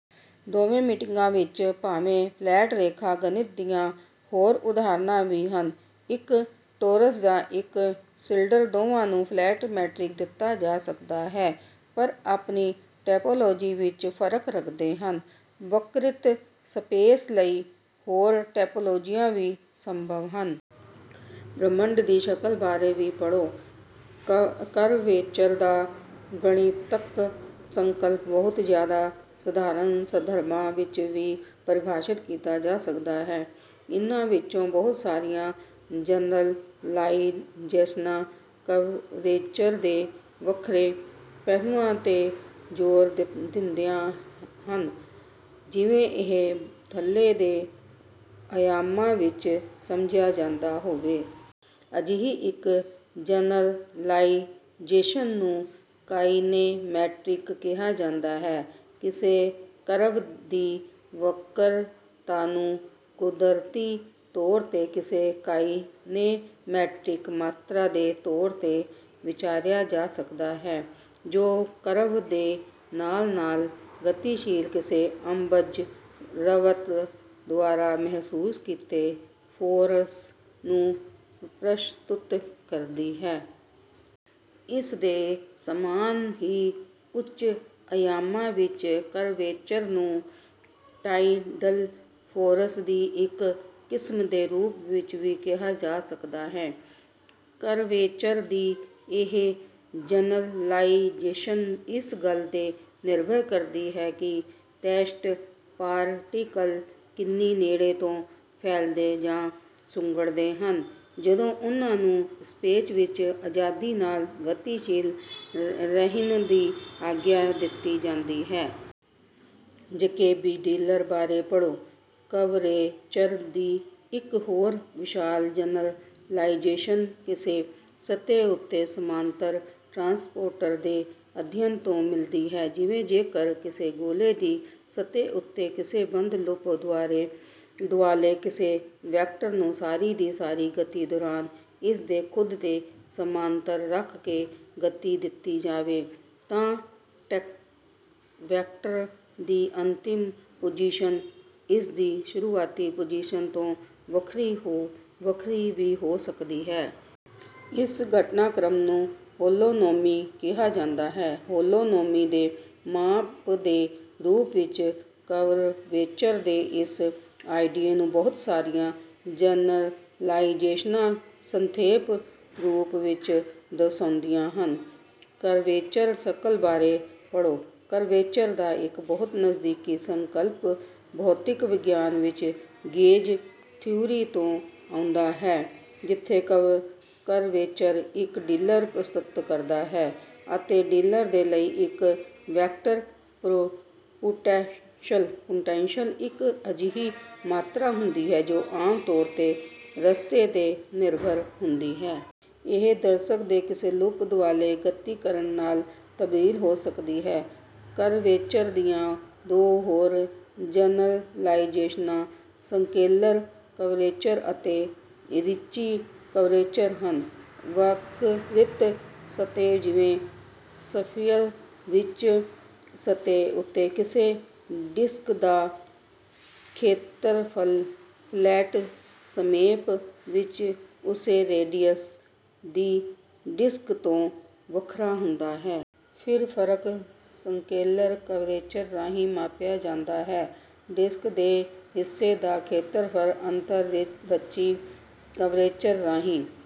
ਦੋਵੇਂ ਸੈਟਿੰਗਾਂ ਵਿੱਚ ਭਾਵੇਂ ਫਲੈਟ ਰੇਖਾ-ਗਣਿਤ ਦੀਆਂ ਹੋਰ ਉਦਾਹਰਨਾਂ ਵੀ ਹਨ। ਇੱਕ ਟੌਰਸ ਜਾਂ ਇੱਕ ਸਿਲੰਡਰ ਦੋਵਾਂ ਨੂੰ ਫਲੈਟ ਮੈਟ੍ਰਿਕ ਦਿੱਤਾ ਜਾ ਸਕਦਾ ਹੈ, ਪਰ ਆਪਣੀ ਟੌਪੌਲੌਜੀ ਵਿੱਚ ਫਰਕ ਰੱਖਦੇ ਹਨ। ਵਕਰਿਤ ਸਪੇਸ ਲਈ ਹੋਰ ਟੌਪੌਲੌਜੀਆਂ ਵੀ ਸੰਭਵ ਹਨ। ਬ੍ਰਹਿਮੰਡ ਦੀ ਸ਼ਕਲ ਬਾਰੇ ਵੀ ਪੜ੍ਹੋ। ਕਰਵੇਚਰ ਦਾ ਗਣਿਤਿਕ ਸੰਕਲਪ ਬਹੁਤ ਜ਼ਿਆਦਾ ਸਧਾਰਨ ਸੰਦਰਭਾਂ ਵਿੱਚ ਵੀ ਪਰਿਭਾਸ਼ਿਤ ਕੀਤਾ ਜਾ ਸਕਦਾ ਹੈ। ਇਨ੍ਹਾਂ ਵਿੱਚੋਂ ਬਹੁਤ ਸਾਰੀਆਂ ਜਨਰਲਾਈਜ਼ੇਸ਼ਨਾਂ ਕਰਵੇਚਰ ਦੇ ਵੱਖਰੇ ਪਹਿਲੂਆਂ 'ਤੇ ਜ਼ੋਰ ਦਿੰਦੀਆਂ ਹਨ ਜਿਵੇਂ ਇਹ ਥੱਲੇ ਦੇ ਅਯਾਮਾਂ ਵਿੱਚ ਸਮਝਿਆ ਜਾਂਦਾ ਹੋਵੇ। ਅਜਿਹੀ ਇੱਕ ਜਨਰਲਾਈਜ਼ੇਸ਼ਨ ਨੂੰ ਕਾਇਨੈਮੈਟਿਕ ਕਿਹਾ ਜਾਂਦਾ ਹੈ। ਕਿਸੇ ਕਰਵ ਦੀ ਵਕਰਤਾ ਨੂੰ ਕੁਦਰਤੀ ਤੌਰ 'ਤੇ ਕਿਸੇ ਕਾਇਨੈਮੈਟਿਕ ਮਾਤਰਾ ਦੇ ਤੌਰ 'ਤੇ ਵਿਚਾਰਿਆ ਜਾ ਸਕਦਾ ਹੈ, ਜੋ ਕਰਵ ਦੇ ਨਾਲ-ਨਾਲ ਗਤੀਸ਼ੀਲ ਕਿਸੇ ਔਬਜ਼ਰਵਰ ਦੁਆਰਾ ਮਹਿਸੂਸ ਕੀਤੇ ਫੋਰਸ ਨੂੰ ਪ੍ਰਸਤੁਤ ਕਰਦੀ ਹੈ। ਇਸਦੇ ਸਮਾਨ ਹੀ, ਉੱਚ-ਅਯਾਮਾਂ ਵਿੱਚ ਕਰਵੇਚਰ ਨੂੰ ਟਾਈਡਲ ਫੋਰਸ ਦੀ ਇੱਕ ਕਿਸਮ ਦੇ ਰੂਪ ਵਿੱਚ ਵੀ ਕਿਹਾ ਜਾ ਸਕਦਾ ਹੈ। ਕਰਵੇਚਰ ਦੀ ਇਹ ਜਨਰਲਾਈਜ਼ੇਸ਼ਨ ਇਸ ਗੱਲ 'ਤੇ ਨਿਰਭਰ ਕਰਦੀ ਹੈ ਕਿ ਟੈਸਟ ਪਾਰਟੀਕਲ ਕਿੰਨੀ ਨੇੜੇ ਤੋਂ ਫੈਲਦੇ ਜਾਂ ਸੁੰਗੜਦੇ ਹਨ ਜਦੋਂ ਉਨ੍ਹਾਂ ਨੂੰ ਸਪੇਸ ਵਿੱਚ ਅਜ਼ਾਦੀ ਨਾਲ ਗਤੀਸ਼ੀਲ ਰਹਿਣ ਦੀ ਆਗਿਆ ਦਿੱਤੀ ਜਾਂਦੀ ਹੈ। ਜੈਕੋਬੀ ਫੀਲਡ ਬਾਰੇ ਪੜ੍ਹੋ। ਕਰਵੇਚਰ ਦੀ ਇੱਕ ਹੋਰ ਵਿਸ਼ਾਲ ਜਨਰਲਾਈਜ਼ੇਸ਼ਨ ਕਿਸੇ ਸਤਹਿ ਉੱਤੇ ਸਮਾਂਤਰ ਟਰਾਂਸਪੋਰਟ ਦੇ ਅਧਿਐਨ ਤੋਂ ਮਿਲਦੀ ਹੈ। ਜਿਵੇਂ, ਜੇਕਰ ਕਿਸੇ ਗੋਲੇ ਦੀ ਸਤਹਿ ਉੱਤੇ ਕਿਸੇ ਬੰਦ ਲੂਪ ਦੁਆਲੇ ਕਿਸੇ ਵੈਕਟਰ ਨੂੰ ਸਾਰੀ ਦੀ ਸਾਰੀ ਗਤੀ ਦੌਰਾਨ ਇਸਦੇ ਖੁਦ ਦੇ ਸਮਾਂਤਰ ਰੱਖ ਕੇ ਗਤੀ ਦਿੱਤੀ ਜਾਵੇ, ਤਾਂ ਵੈਕਟਰ ਦੀ ਅੰਤਿਮ ਪੁਜੀਸ਼ਨ ਇਸਦੀ ਸ਼ੁਰੂਆਤੀ ਪੁਜੀਸ਼ਨ ਤੋਂ ਵੱਖਰੀ ਵੀ ਹੋ ਸਕਦੀ ਹੈ। ਇਸ ਘਟਨਾਕ੍ਰਮ ਨੂੰ ਹੋਲੋਨੋਮੀ ਕਿਹਾ ਜਾਂਦਾ ਹੈ। ਹੋਲੋਨੋਮੀ ਦੇ ਮਾਪ ਦੇ ਰੂਪ ਵਿੱਚ ਕਰਵੇਚਰ ਦੇ ਇਸ ਆਈਡੀਏ ਨੂੰ ਬਹੁਤ ਸਾਰੀਆਂ ਜਨਰਲਾਈਜ਼ੇਸ਼ਨਾਂ ਸੰਖੇਪ ਰੂਪ ਵਿੱਚ ਦਰਸਾਉਂਦੀਆਂ ਹਨ। ਕਰਵੇਚਰ ਸ਼ਕਲ ਬਾਰੇ ਪੜ੍ਹੋ। ਕਰਵੇਚਰ ਦਾ ਇੱਕ ਬਹੁਤ ਨਜ਼ਦੀਕੀ ਸੰਕਲਪ ਭੌਤਿਕ ਵਿਗਿਆਨ ਵਿੱਚ ਗੇਜ ਥਿਊਰੀ ਤੋਂ ਆਉਂਦਾ ਹੈ, ਜਿੱਥੇ ਕਰਵੇਚਰ ਇੱਕ ਫੀਲਡ ਪ੍ਰਸਤੁਤ ਕਰਦਾ ਹੈ ਅਤੇ ਫੀਲਡ ਦੇ ਲਈ ਇੱਕ ਵੈਕਟਰ ਪੁਟੈਂਸ਼ਲ ਇੱਕ ਅਜਿਹੀ ਮਾਤਰਾ ਹੁੰਦੀ ਹੈ ਜੋ ਆਮ ਤੌਰ 'ਤੇ ਰਸਤੇ 'ਤੇ ਨਿਰਭਰ ਹੁੰਦੀ ਹੈ। ਇਹ ਦਰਸ਼ਕ ਦੇ ਕਿਸੇ ਲੂਪ ਦੁਆਲੇ ਗਤੀ ਕਰਨ ਨਾਲ ਤਬਦੀਲ ਹੋ ਸਕਦੀ ਹੈ। ਕਰਵੇਚਰ ਦੀਆਂ ਦੋ ਹੋਰ ਜਨਰਲਾਈਜ਼ੇਸ਼ਨਾਂ ਸਕੇਲਰ ਕਰਵੇਚਰ ਅਤੇ ਰਿੱਚੀ ਕਰਵੇਚਰ ਹਨ। ਵਕਰਿਤ ਸਤਹਿ ਜਿਵੇਂ ਸਫੀਅਰ ਵਿੱਚ, ਸਤਹਿ ਉੱਤੇ ਕਿਸੇ ਡਿਸਕ ਦਾ ਖੇਤਰਫਲ, ਫਲੈਟ ਸਪੇਸ ਵਿੱਚ ਉਸੇ ਰੇਡੀਅਸ ਦੀ ਡਿਸਕ ਤੋਂ ਵੱਖਰਾ ਹੁੰਦਾ ਹੈ। ਇਹ ਫਰਕ ਸਕੇਲਰ ਕਰਵੇਚਰ ਰਾਹੀਂ ਮਾਪਿਆ ਜਾਂਦਾ ਹੈ। ਡਿਸਕ ਦੇ ਹਿੱਸੇ ਦਾ ਖੇਤਰਫਲ ਅੰਤਰ ਰਿੱਚੀ ਕਰਵੇਚਰ ਰਾਹੀਂ